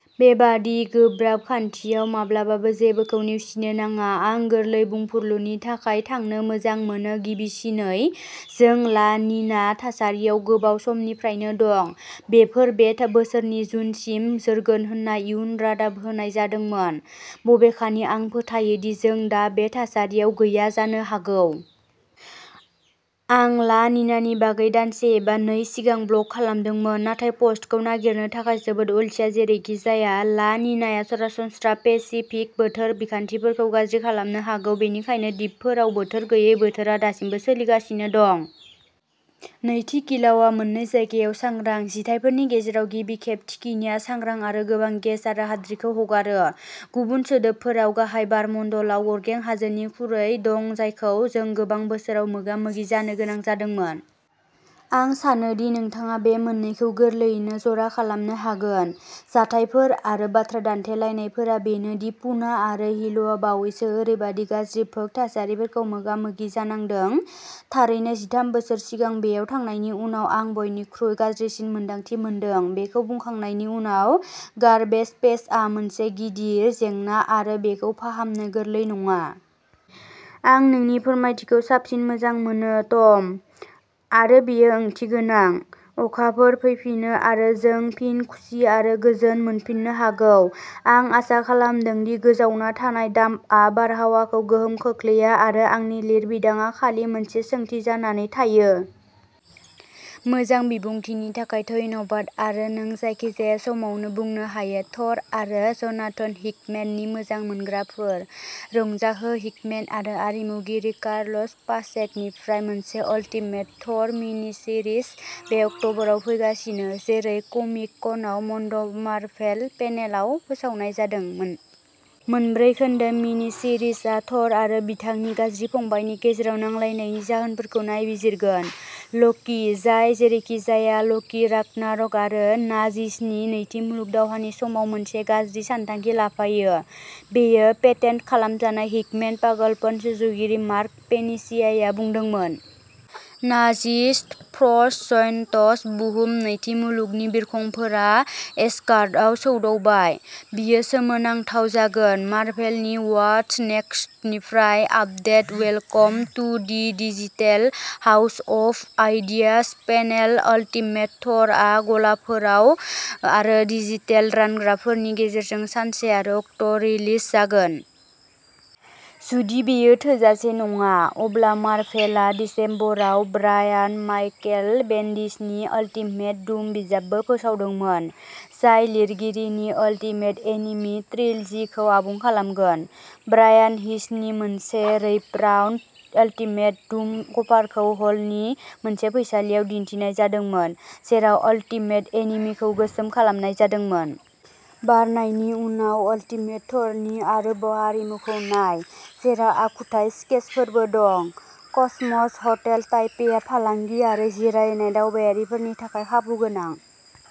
बेबादि गोब्राब खान्थियाव माब्लाबाबो जेबोखौ नेवसिनो नाङा। आं गोरलै बुंफुरलुनि थाखाय थांनो मोजां मोनो गिबिसिनै, जों ला निना थासारियाव गोबाव समनिफ्रायनो दं। बेफोर बे बोसोरनि जुनसिम जोरगोन होनना इयुन रादाब होनाय जादोंमोन, बबेखानि आं फोथायो दि जों दा बे थासारियाव गैया जानो हागौ। आं ला निनानि बागै दानसे एबा नै सिगां ब्लग खालामदोंमोन, नाथाय पस्टखौ नागिरनो थाखाय जोबोद अलसिया जेरैखिजाया, ला निनाया सरासनस्रा पेसिफिक बोथोर बिखान्थिफोरखौ गाज्रि खालामनो हागौ, बेनिखायनो दिपफोराव बोथोर गैयै बोथोरा दासिम सोलिगासिनो दं। नैथि, किलाउआ मोननै जायगायाव सांग्रां। जिथायफोरनि गेजेराव गिबि खेब थिखिनिआ सांग्रां आरो गोबां गेस आरो हाद्रिखौ हगारो। गुबुन सोदोबफोराव, गाहाय बारमण्डलाव अरगें हाजोनि खुरै दं जायखौ जों गोबां बोसोराव मोगा-मोगि जानो गोनां जादोंमोन। आं सानो दि नोंथाङा बे मोननैखौ गोरलैयैनो जरा खालामनो हागोन। जाथायफोर आरो बाथ्रा दान्थेलायनायफोरा बेनो दि पुना आरो हिल'आ बावैसो ओरैबायदि गाज्रि भोग थासारिफोरखौ मोगा-मोगि जानांदों थारैनो जिथाम बोसोर सिगां बेयाव थांनायनि उनाव आं बयनिख्रुइ गाज्रिसिन मोन्दांथि मोनदों बेखौ बुंखांनायनि उनाव, गार्बेज पैचआ मोनसे गिदिर जेंना आरो बेखौ फाहामनो गोरलै नङा। आं नोंनि फोरमायथिखौ साबसिन मोजां मोनो, टम। आरो, बेयो ओंथिगोनां। अखाफोर फैफिनो आरो जों फिन खुसि आरो गोजोन मोनफिननो हागौ। आं आसा खालामदों दि गोजावना थानाय डाम्पआ बारहावाखौ गोहोम खोख्लैया आरो आंनि लिरबिदांआ खालि मोनसे सोंथि जानानै थायो। मोजां बिबुंथिनि थाखाय धन्यबाद आरो नों जायखिजाया समावनो बुंनो हायो थ'र आरो जनाथन हिकमेननि मोजां मोनग्राफोर, रंजाहो हिकमेन आरो आरिमुगिरि कार्लोस पाचेक'निफ्राय मोनसे अल्टिमेट थ'र मिनिसिरिज बे अक्टबराव फैगासिनो, जेरै कमिक-कनआव मन्ड'मार्भेल पेनेलआव फोसावनाय जादोंमोन। मोनब्रै खोन्दो मिनिसिरिजआ थ'र आरो बिथांनि गाज्रि फंबायनि गेजेराव नांलायनायनि जाहोनफोरखौ नायबिजिरगोन। लकि, जाय जेरैखिजाया लकि, रागनारक, आरो नाजिसनि नैथि मुलुग दावहानि समाव मोनसे गाज्रि सानथांखि लाफायो बेयो पेटेन्ट खालामजानाय हिकमेन पागलपन सुजुगिरि मार्क पेनिसियाया बुंदोंमोन। Nazis frost giants. बुहुम नैथि मुलुगनि बिरखंफोरा एसगार्डआव सौदावबाय। बेयो सोमोनांथाव जागोन। मार्भेलनि वाटस नेक्सटनिफ्राय update welcome to the digital house of ideas panel ultimate Thor आ गलाफोराव आरो डिजिटेल रानग्राफोरनि गेजेरजों सानसे आरो अक्ट'रिलिज जागोन। जुदि बेयो थोजासे नङा, अब्ला मार्भेलआ दिसेम्बराव ब्रायान माइकेल बेन्डिसनि अल्टिमेट डुम बिजाबबो फोसावदोंमोन, जाय लिरगिरिनि अल्टिमेट एनिमि ट्रिलजिखौ आबुं खालामगोन। ब्रायान हिचनि मोनसे रैपराउन्ड अल्टिमेट डुम कभारखौ हलनि मोनसे फैसालियाव दिन्थिनाय जादोंमोन, जेराव अल्टिमेट एनिमिखौ गोसोम खालामनाय जादोंमोन। बारनायनि उनाव अल्टिमेट थ'र नि आरोबाव आरिमुखौ नाय, जेराव आखुथाय स्केचफोरबो दं। कसमस हटेल ताइपेया फालांगि आरो जिरायनाय दावबायारिफोरनि थाखाय खाबुगोनां।